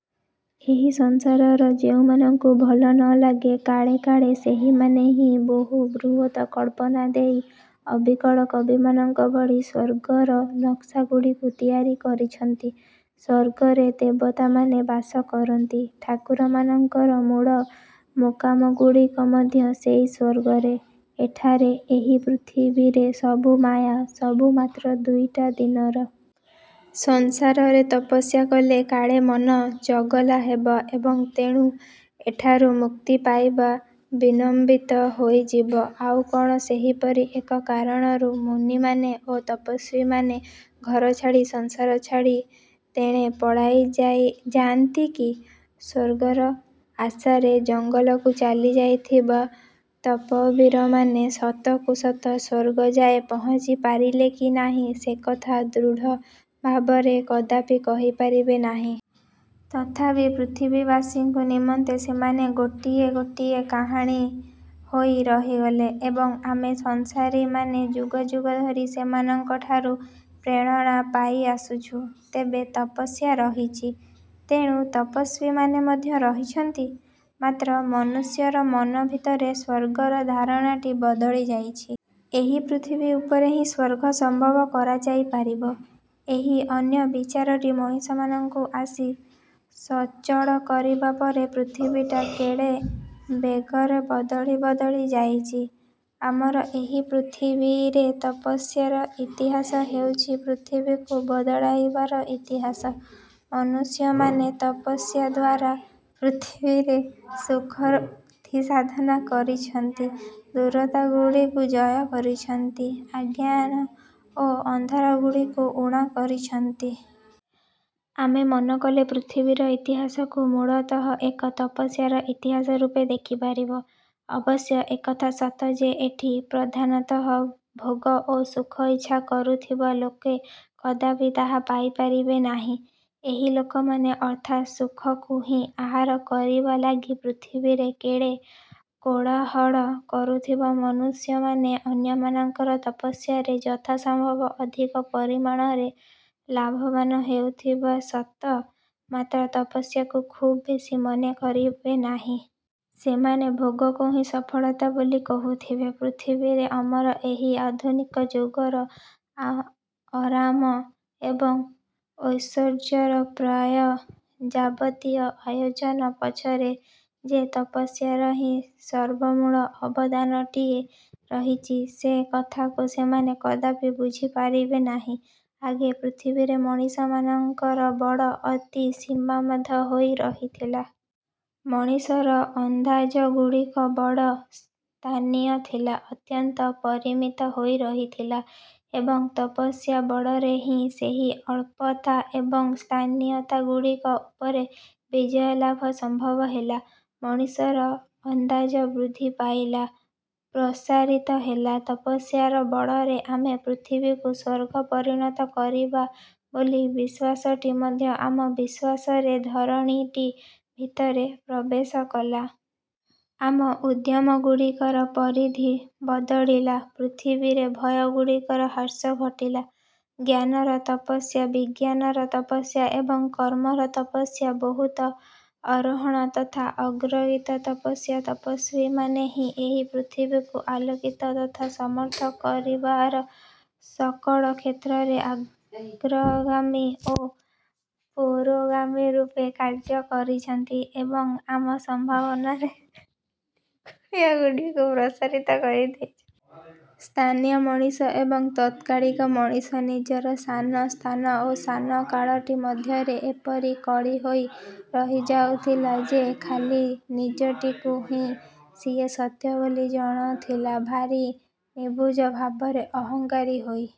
ଏହି ସଂସାର ଯେଉଁମାନଙ୍କୁ ଭଲ ନଲାଗେ କାଳେ କାଳେ ସେହିମାନେ ହିଁ ବହୁ ବୃହତ୍ କଳ୍ପନା ଦେଇ ଅବିକଳ କବିମାନଙ୍କ ଭଳି ସ୍ୱର୍ଗର ନକ୍ସାଗୁଡ଼ିକୁ ତିଆରି କରିଛନ୍ତି। ସ୍ୱର୍ଗରେ ଦେବତାମାନେ ବାସ କରନ୍ତି। ଠାକୁରମାନଙ୍କର ମୂଳ ମୁକାମଗୁଡ଼ିକ ମଧ୍ୟ ସେଇ ସ୍ଵର୍ଗରେ। ଏଠାରେ ଏହି ପୃଥିବୀରେ ସବୁ ମାୟା, ସବୁ ମାତ୍ର ଦୁଇଟା ଦିନର। ସଂସାରରେ ତପସ୍ୟା କଲେ କାଳେ ମନ ଚଗଲା ହେବ ଏବଂ ତେଣୁ ଏଠାରୁ ମୁକ୍ତି ପାଇବା ବିଳମ୍ବିତ ହୋଇଯିବ, ଆଉ କଣ ସେହିପରି ଏକ କାରଣରୁ ମୁନିମାନେ ଓ ତପସ୍ୱୀମାନେ ଘରଛାଡ଼ି ସଂସାର ଛାଡ଼ି ତେଣେ ପଳାଇ ଯାଆନ୍ତି କି? ସ୍ଵର୍ଗର ଆଶାରେ ଜଙ୍ଗଲକୁ ଚାଲି ଯାଇଥିବା ତପଃବୀରମାନେ ସତକୁ ସତ ସ୍ୱର୍ଗ ଯାଏ ପହଞ୍ଚିପାରିଲେ କି ନାହିଁ ସେ କଥା ଦୃଢ଼ ଭାବରେ କଦାପି କହିପାରିବେ ନାହିଁ। ତଥାପି ପୃଥିବୀବାସୀଙ୍କ ନିମନ୍ତେ ସେମାନେ ଗୋଟିଏ ଗୋଟିଏ କାହାଣୀ ହୋଇ ରହିଗଲେ। ଏବଂ ଆମେ ସଂସାରୀମାନେ ଯୁଗ ଯୁଗ ଧରି ସେମାନଙ୍କଠାରୁ ପ୍ରେରଣା ପାଇଆସୁଛୁ। ଏବେ ତପସ୍ୟା ରହିଛି, ତେଣୁ ତପସ୍ୱୀମାନେ ମଧ୍ୟ ରହିଛନ୍ତି। ମାତ୍ର ମନୁଷ୍ୟର ମନ ଭିତରେ ସ୍ଵର୍ଗର ଧାରଣାଟି ବଦଳି ଯାଇଛି। ଏହି ପୃଥିବୀ ଉପରେ ହିଁ ସ୍ଵର୍ଗ ସମ୍ଭବ କରାଯାଇପାରିବ। ଏହି ଅନ୍ୟ ବିଚାରଟି ମଣିଷମାନଙ୍କୁ ଆସି ସଚଳ କରିବା ପରେ ପୃଥିବୀଟା କେଡ଼େ ବେଗରେ ବଦଳି ବଦଳି ଯାଇଛି। ଆମର ଏହି ପୃଥିବୀରେ ତପସ୍ୟାର ଇତିହାସ ହେଉଛି ପୃଥିବୀକୁ ବଦଳାଇବାର ଇତିହାସ। ମନୁଷ୍ୟମାନେ ତପସ୍ୟା ଦ୍ୱାରା ପୃଥିବୀରେ ସୁଖର ବୃଦ୍ଧିସାଧନ କରିଛନ୍ତି, ଦୂରତାଗୁଡ଼ିକୁ ଜୟ କରିଛନ୍ତି, ଅଜ୍ଞାନ ଓ ଅନ୍ଧାରଗୁଡ଼ିକୁ ଉଣା କରି ଆଣିଛନ୍ତି। ଆମେ ମନ କଲେ ପୃଥିବୀର ଇତିହାସକୁ ମୂଳତଃ ଏକ ତପସ୍ୟାର ଇତିହାସ ରୂପେ ଦେଖିପାରିବା। ଅବଶ୍ୟ ଏକଥା ସତ ଯେ ଏଠି ପ୍ରଧାନତଃ ଭୋଗ ଓ ସୁଖ ଇଚ୍ଛା କରୁଥିବା ଲୋକେ କଦାପି ତାହା କରିପାରିବେ ନାହିଁ। ଏହି ଲୋକମାନେ ଅର୍ଥାତ୍ ସୁଖକୁ ହିଁ ଆହାର କରିବା ଲାଗି ପୃଥିବୀରେ କେଡ଼େ କୋଳାହଳ କରୁଥିବା ମନୁଷ୍ୟମାନେ ଅନ୍ୟମାନଙ୍କର ତପସ୍ୟାରେ ଯଥାସମ୍ଭବ ଅଧିକ ପରିମାଣରେ ଲାଭବାନ ହେଉଥିବେ ସତ, ମାତ୍ର ତପସ୍ୟାକୁ ଖୁବ୍ ବେଶୀ ମନ କରିବେ ନାହିଁ। ସେମାନେ ଭୋଗକୁ ହିଁ ସଫଳତା ବୋଲି କହୁଥିବେ। ପୃଥିବୀରେ ଆମର ଏହି ଆଧୁନିକ ଯୁଗରେ ଆରାମ ଏବଂ ଐଶ୍ୱର୍ଯ୍ୟର ପ୍ରାୟ ଯାବତୀୟ ଆୟୋଜନ ପଛରେ ଯେ ତପସ୍ୟାର ହିଁ ସର୍ବମୂଳ ଅବଦାନଟିଏ ରହିଛି, ସେ କଥାଟିକୁ ସେମାନେ କଦାପି ବୁଝିପାରିବେ ନାହିଁ। ଆଗେ ପୃଥିବୀରେ ମଣିଷମାନଙ୍କର ବଳ ଅତି ସୀମାବଦ୍ଧ ହୋଇ ରହିଥିଲା। ମଣିଷର ଅନ୍ଦାଜଗୁଡ଼ିକ ବଡ଼ ସ୍ଥାନୀୟ ଥିଲା, ଅତ୍ୟନ୍ତ ପରିମିତ ହୋଇ ରହିଥିଲା। ଏବଂ ତପସ୍ୟା ବଳରେ ହିଁ ସେହି ଅଳ୍ପତା ଏବଂ ସ୍ଥାନୀୟତାଗୁଡ଼ିକ ଉପରେ ବିଜୟଲାଭ ସମ୍ଭବ ହେଲା, ମଣିଷର ଅନ୍ଦାଜ ବୃଦ୍ଧି ପାଇଲା, ପ୍ରସାରିତ ହେଲା। ତପସ୍ୟାର ବଳରେ ଆମେ ପୃଥିବୀକୁ ସ୍ୱର୍ଗରେ ପରିଣତ କରିପାରିବା ବୋଲି ବିଶ୍ୱାସଟି ମଧ୍ୟ ଆମ ବିଶ୍ୱାସର ଧରଣୀଟି ଭିତରେ ପ୍ରବେଶ କଲା। ଆମ ଉଦ୍ୟମଗୁଡ଼ିକର ପରିଧି ବଦଳିଲା, ପୃଥିବୀରେ ଭୟଗୁଡ଼ାକର ହ୍ରାସ ଘଟିଲା। ଜ୍ଞାନର ତପସ୍ୟା, ବିଜ୍ଞାନର ତପସ୍ୟ ଏବଂ କର୍ମର ତପସ୍ୟା, ବହୁ ଆରୋହଣ ତଥା ଅଗ୍ରଗତିର ତପସ୍ୟା। ତପସ୍ୱୀମାନେ ହିଁ ଏହି ପୃଥିବୀକୁ ଆଲୋକିତ ତଥା ସମର୍ଥ କରିବାର ସକଳ କ୍ଷେତ୍ରରେ ଅଗ୍ରଗାମୀ ଓ ପୁରୋଗାମୀ ରୂପେ କାର୍ଯ୍ୟ କରିଛନ୍ତି ଏବଂ ଆମ ସମ୍ଭାବନାର ଦିଗ୍ବଳୟଗୁଡ଼ିକୁ ପ୍ରସାରିତ କରି ଦେଇଛନ୍ତି। ସ୍ଥାନୀୟ ମଣିଷ ଏବଂ ତାତ୍କାଳିକ ମଣିଷ ନିଜର ସାନ ସ୍ଥାନ ଓ ସାନ କାଳଟି ମଧ୍ୟରେ ଏପରି କିଳି ହୋଇ ରହି ଯାଉଥିଲା ଯେ ଖାଲି ନିଜଟିକୁ ହିଁ ସିଏ ସତ୍ୟ ବୋଲି ଜାଣୁଥିଲା ଭାରି ନିବୁଜ ଭାବରେ ଅହଂକାରୀ ହୋଇ